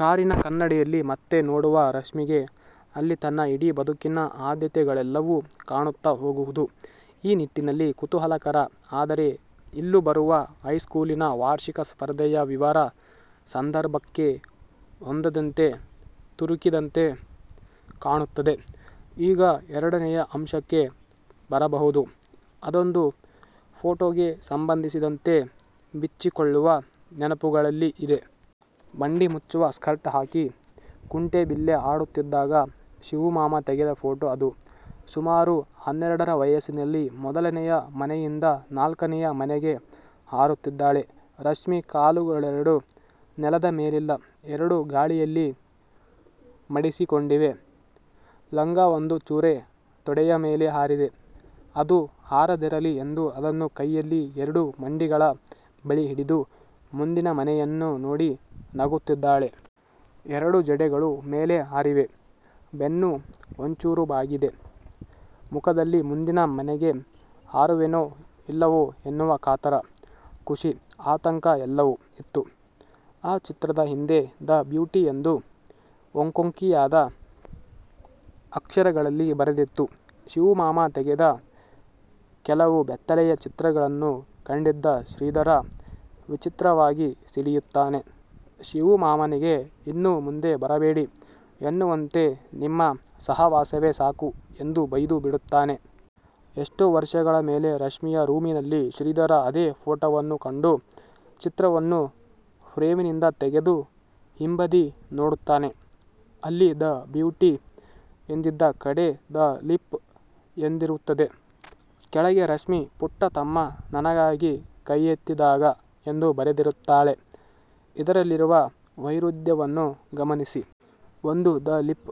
ಕಾರಿನ ಕನ್ನಡಿಯಲ್ಲಿ ಮತ್ತೆ ನೋಡುವ ರಶ್ಮಿಗೆ ಅಲ್ಲಿ ತನ್ನ ಇಡೀ ಬದುಕಿನ ಆದ್ಯತೆಗಳೆಲ್ಲವೂ ಕಾಣುತ್ತ ಹೋಗುವುದು ಈ ನಿಟ್ಟಿನಲ್ಲಿ ಕುತೂಹಲಕರ. ಆದರೆ ಇಲ್ಲೂ ಬರುವ ಹೈಸ್ಕೂಲಿನ ವಾರ್ಷಿಕ ಸ್ಪರ್ಧೆಯ ವಿವರ ಸಂದರ್ಭಕ್ಕೆ ಹೊಂದದಂತೆ, ತುರುಕಿದಂತೆ ಕಾಣುತ್ತದೆ. ಈಗ ಎರಡನೆಯ ಅಂಶಕ್ಕೆ ಬರಬಹುದು. ಅದೊಂದು ಫೋಟೋಗೆ ಸಂಬಂಧಿಸಿದಂತೆ ಬಿಚ್ಚಿಕೊಳ್ಳುವ ನೆನಪುಗಳಲ್ಲಿ ಇದೆ. ಮಂಡಿ ಮುಚ್ಚುವ ಸ್ಕರ್ಟ್ ಹಾಕಿ ಕುಂಟೇಬಿಲ್ಲೆ ಆಡುತ್ತಿದ್ದಾಗ ಶಿವೂಮಾಮ ತೆಗೆದ ಫೋಟೋ ಅದು. ಸುಮಾರು ಹನ್ನೆರಡರ ವಯಸ್ಸಿನಲ್ಲಿ. "ಮೊದಲನೆಯ ಮನೆಯಿಂದ ನಾಲ್ಕನೆಯ ಮನೆಗೆ ಹಾರುತ್ತಿದ್ದಾಳೆ, ರಶ್ಮಿ. ಕಾಲುಗಳೆರಡೂ ನೆಲದ ಮೇಲಿಲ್ಲ. ಎರಡೂ ಗಾಳಿಯಲ್ಲಿ ಮಡಿಸಿಕೊಂಡಿವೆ. ಲಂಗ ಒಂದು ಚೂರೇ ತೊಡೆಯ ಮೇಲೆ ಹಾರಿದೆ. ಅದೂ ಹಾರದಿರಲಿ ಎಂದು ಅದನ್ನು ಕೈಯಲ್ಲಿ ಎರಡೂ ಮಂಡಿಗಳ ಬಳಿ ಹಿಡಿದು ಮುಂದಿನ ಮನೆಯನ್ನು ನೋಡಿ ನಗುತ್ತಿದ್ದಾಳೆ. ಎರಡೂ ಜಡೆಗಳೂ ಮೇಲೆ ಹಾರಿವೆ. ಬೆನ್ನು ಒಮ್ಚೂರು ಬಾಗಿದೆ. ಮುಖದಲ್ಲಿ ಮುಂದಿನ ಮನೆಗೆ ಹಾರುವೆನೋ ಇಲ್ಲವೋ ಎನ್ನುವ ಕಾತರ, ಖುಷಿ, ಆತಂಕಎಲ್ಲವೂ ಇತ್ತು. ಆ ಚಿತ್ರದ ಹಿಂದೆ ದ ಬ್ಯೂಟಿ ಎಂದು ಒಂಕೊಂಕಿಯಾದ ಅಕ್ಷರಗಳಲ್ಲಿ ಬರೆದಿತ್ತು". ಶಿವೂಮಾಮ ತೆಗೆದ ಕೆಲವು ಬೆತ್ತಲೆ ಚಿತ್ರಗಳನ್ನೂ ಕಂಡಿದ್ದ ಶ್ರೀಧರ ವಿಚಿತ್ರವಾಗಿ ಸಿಡಿಯುತ್ತಾನೆ, ಶಿವೂಮಾಮನಿಗೆ ಇನ್ನು ಮುಂದೆ ಬರಬೇಡಿ ಎನ್ನುವಂತೆ ನಿಮ್ಮ ಸಹವಾಸವೇ ಸಾಕು ಎಂದು ಬೈದು ಬಿಡುತ್ತಾನೆ. ಎಷ್ಟೋ ವರ್ಷಗಳ ಮೇಲೆ, ರಶ್ಮಿಯ ರೂಮಿನಲ್ಲಿ ಶ್ರೀಧರ ಅದೇ ಫೋಟೋವನ್ನು ಕಂಡು, ಚಿತ್ರವನ್ನು ಫ್ರೇಮಿನಿಂದ ತೆಗೆದು ಹಿಂಬದಿ ನೋಡುತ್ತಾನೆ. ಅಲ್ಲಿ ದ ಬ್ಯೂಟಿ ಎಂದಿದ್ದ ಕಡೆ ದ ಲೀಪ್ ಎಂದಿರುತ್ತದೆ. ಕೆಳಗೆ ರಶ್ಮಿ 'ಪುಟ್ಟ ತಮ್ಮ ನನಗಾಗಿ ಕೈಯೆತ್ತಿದಾಗ' ಎಂದೂ ಬರೆದಿರುತ್ತಾಳೆ. ಇದರಲ್ಲಿರುವ ವೈರುಧ್ಯವನ್ನು ಗಮನಿಸಿ. ಒಂದು ದ ಲೀಪ್,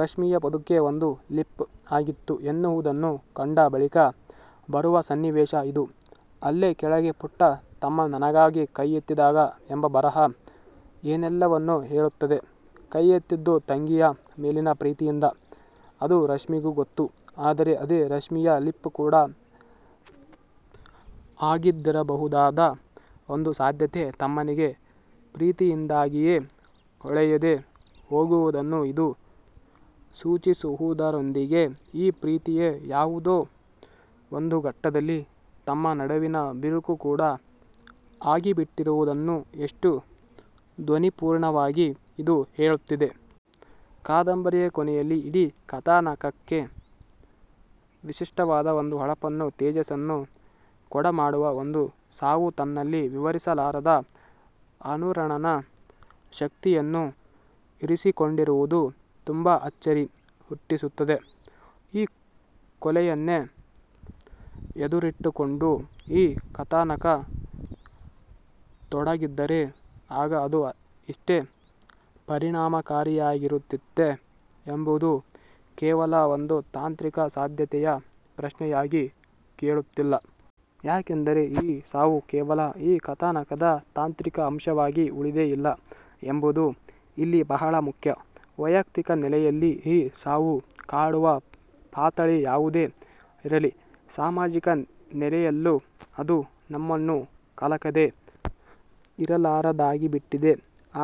ರಶ್ಮಿಯ ಬದುಕೇ ಒಂದು ಲೀಪ್ ಆಗಿತ್ತು ಎನ್ನುವುದನ್ನು ಕಂಡ ಬಳಿಕ ಬರುವ ಸನ್ನಿವೇಶ ಇದು. ಅಲ್ಲೇ ಕೆಳಗೆ, ಪುಟ್ಟ ತಮ್ಮ ನನಗಾಗಿ ಕೈಯೆತ್ತಿದಾಗ ಎಂಬ ಬರಹ ಏನೆಲ್ಲವನ್ನು ಹೇಳುತ್ತದೆ. ಕೈಯೆತ್ತಿದ್ದು ತಂಗಿಯ ಮೇಲಿನ ಪ್ರೀತಿಯಿಂದ. ಅದು ರಶ್ಮಿಗೂ ಗೊತ್ತು. ಆದರೆ ಅದೇ ರಶ್ಮಿಯ ಲೀಪ್ ಕೂಡ ಆಗಿದ್ದಿರಬಹುದಾದ ಒಂದು ಸಾಧ್ಯತೆ ತಮ್ಮನಿಗೆ ಪ್ರೀತಿಯಿಂದಾಗಿಯೇ ಹೊಳೆಯದೇ ಹೋಗುವುದನ್ನು ಇದು ಸೂಚಿಸುವುದರೊಂದಿಗೇ ಈ ಪ್ರೀತಿಯೇ ಯಾವುದೋ ಒಂದು ಘಟ್ಟದಲ್ಲಿ ತಮ್ಮ ನಡುವಿನ ಬಿರುಕು ಕೂಡ ಆಗಿಬಿಟ್ಟಿರುವುದನ್ನು ಎಷ್ಟು ಧ್ವನಿಪೂರ್ಣವಾಗಿ ಇದು ಹೇಳುತ್ತಿದೆ. ಕಾದಂಬರಿಯ ಕೊನೆಯಲ್ಲಿ ಇಡೀ ಕಥಾನಕಕ್ಕೇ ವಿಶಿಷ್ಟವಾದ ಒಂದು ಹೊಳಪನ್ನು, ತೇಜಸ್ಸನ್ನು ಕೊಡಮಾಡುವ ಒಂದು ಸಾವು ತನ್ನಲ್ಲಿ ವಿವರಿಸಲಾರದ ಅನುರಣನ ಶಕ್ತಿಯನ್ನು ಇರಿಸಿಕೊಂಡಿರುವುದು ತುಂಬ ಅಚ್ಚರಿ ಹುಟ್ಟಿಸುತ್ತದೆ. ಈ ಕೊಲೆಯನ್ನೇ ಎದುರಿಟ್ಟುಕೊಂಡು ಈ ಕಥಾನಕ ತೊಡಗಿದ್ದರೆ ಆಗ ಅದು ಇಷ್ಟೇ ಪರಿಣಾಮಕಾರಿಯಾಗಿರುತ್ತಿತ್ತೇ ಎಂಬುದು ಕೇವಲ ಒಂದು ತಾಂತ್ರಿಕ ಸಾಧ್ಯತೆಯ ಪ್ರಶ್ನೆಯಾಗಿ ಕೇಳುತ್ತಿಲ್ಲ. ಯಾಕೆಂದರೆ ಈ ಸಾವು ಕೇವಲ ಈ ಕಥಾನಕದ ತಾಂತ್ರಿಕ ಅಂಶವಾಗಿ ಉಳಿದೇ ಇಲ್ಲ ಎಂಬುದೂ ಇಲ್ಲಿ ಬಹಳ ಮುಖ್ಯ. ವೈಯಕ್ತಿಕ ನೆಲೆಯಲ್ಲಿ ಈ ಸಾವು ಕಾಡುವ ಪಾತಳಿ ಯಾವುದೇ ಇರಲಿ, ಸಾಮಾಜಿಕ ನೆಲೆಯಲ್ಲೂ ಅದು ನಮ್ಮನ್ನು ಕಲಕದೇ ಇರಲಾರದ್ದಾಗಿಬಿಟ್ಟಿದೆ.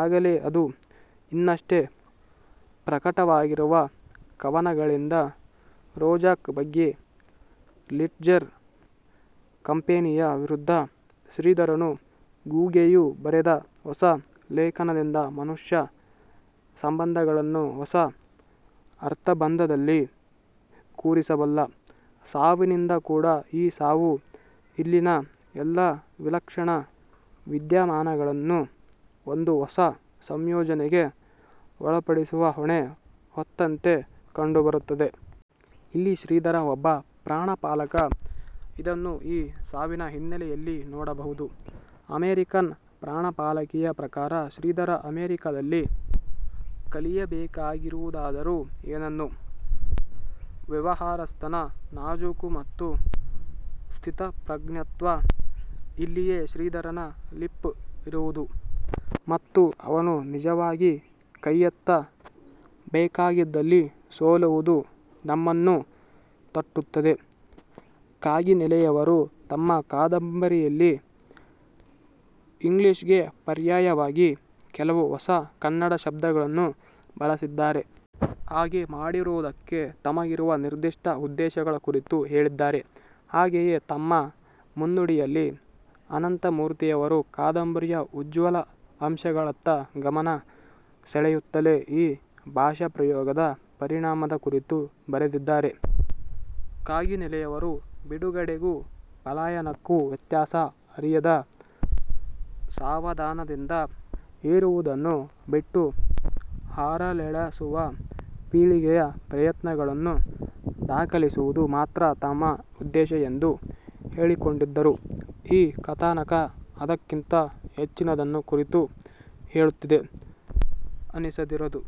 ಆಗಲೇ ಅದು ಇನ್ನಷ್ಟೇ ಪ್ರಕಟವಾಗಲಿರುವ ಕವನಗಳಿಂದ, ರೊಜಾಕ್ ಬಗ್ಗೆ ಲಿಟ್ಜರ್ ಕಂಪೆನಿಯ ವಿರುದ್ಧ ಶ್ರೀಧರನೂ ಘೂಗೆಯೂ ಬರೆದ ಹೊಸ ಲೇಖನದಿಂದ ಮನುಷ್ಯ ಸಂಬಂಧಗಳನ್ನು ಹೊಸ ಅರ್ಥಬಂಧದಲ್ಲಿ ಕೂರಿಸಬಲ್ಲ ಸಾವಿನಿಂದ ಕೂಡ ಈ ಸಾವು ಇಲ್ಲಿನ ಎಲ್ಲ ವಿಲಕ್ಷಣ ವಿದ್ಯಮಾನಗಳನ್ನು ಒಂದು ಹೊಸ ಸಂಯೋಜನೆಗೆ ಒಳಪಡಿಸುವ ಹೊಣೆ ಹೊತ್ತಂತೆ ಕಂಡುಬರುತ್ತದೆ. ಇಲ್ಲಿ ಶ್ರೀಧರ ಒಬ್ಬ "ಪ್ರಾಣಪಾಲಕ". ಇದನ್ನು ಈ ಸಾವಿನ ಹಿನ್ನೆಲೆಯಲ್ಲಿ ನೋಡಬಹುದು. ಅಮೆರಿಕನ್ ಪ್ರಾಣಪಾಲಕಿಯ ಪ್ರಕಾರ ಶ್ರೀಧರ ಅಮೆರಿಕದಲ್ಲಿ ಕಲಿಯಬೇಕಾಗಿರುವುದಾದರೂ ಏನನ್ನು? ವ್ಯವಹಾರಸ್ಥನ ನಾಜೂಕು ಮತ್ತು ಸ್ಥಿತಪ್ರಜ್ಞತ್ವ. ಇಲ್ಲಿಯೇ ಶ್ರೀಧರನ ಲೀಪ್ ಇರುವುದು ಮತ್ತು ಅವನು ನಿಜವಾಗಿ ಕೈಯೆತ್ತ ಬೇಕಾಗಿದ್ದಲ್ಲಿ ಸೋಲುವುದು ನಮ್ಮನ್ನು ತಟ್ಟುತ್ತದೆ. ಕಾಗಿನೆಲೆಯವರು ತಮ್ಮ ಕಾದಂಬರಿಯಲ್ಲಿ ಇಂಗ್ಲೀಷ್ಗೆ ಪರ್ಯಾಯವಾಗಿ ಕೆಲವು ಹೊಸ ಕನ್ನಡ ಶಬ್ದಗಳನ್ನು ಬಳಸಿದ್ದಾರೆ. ಹಾಗೆ ಮಾಡಿರುವುದಕ್ಕೆ ತಮಗಿರುವ ನಿರ್ದಿಷ್ಟ ಉದ್ದೇಶಗಳ ಕುರಿತೂ ಹೇಳಿದ್ದಾರೆ. ಹಾಗೆಯೇ ತಮ್ಮ ಮುನ್ನುಡಿಯಲ್ಲಿ ಅನಂತಮೂರ್ತಿಯವರು ಕಾದಂಬರಿಯ ಉಜ್ವಲ ಅಂಶಗಳತ್ತ ಗಮನ ಸೆಳೆಯುತ್ತಲೇ ಈ ಭಾಷಾಪ್ರಯೋಗದ ಪರಿಣಾಮದ ಕುರಿತೂ ಬರೆದಿದ್ದಾರೆ. ಕಾಗಿನೆಲೆಯವರು ಬಿಡುಗಡೆಗೂ ಪಲಾಯನಕ್ಕೂ ವ್ಯತ್ಯಾಸ ಅರಿಯದ, ಸಾವಧಾನದಿಂದ ಏರುವುದನ್ನು ಬಿಟ್ಟು ಹಾರಲೆಳಸುವ ಪೀಳಿಗೆಯ ಪ್ರಯತ್ನಗಳನ್ನು ದಾಖಲಿಸುವುದು ಮಾತ್ರ ತಮ್ಮ ಉದ್ದೇಶ ಎಂದು ಹೇಳಿಕೊಂಡಿದ್ದರೂ ಈ ಕಥಾನಕ ಅದಕ್ಕಿಂತ ಹೆಚ್ಚಿನದನ್ನು ಕುರಿತು ಹೇಳುತ್ತಿದೆ ಅನಿಸದಿರದು.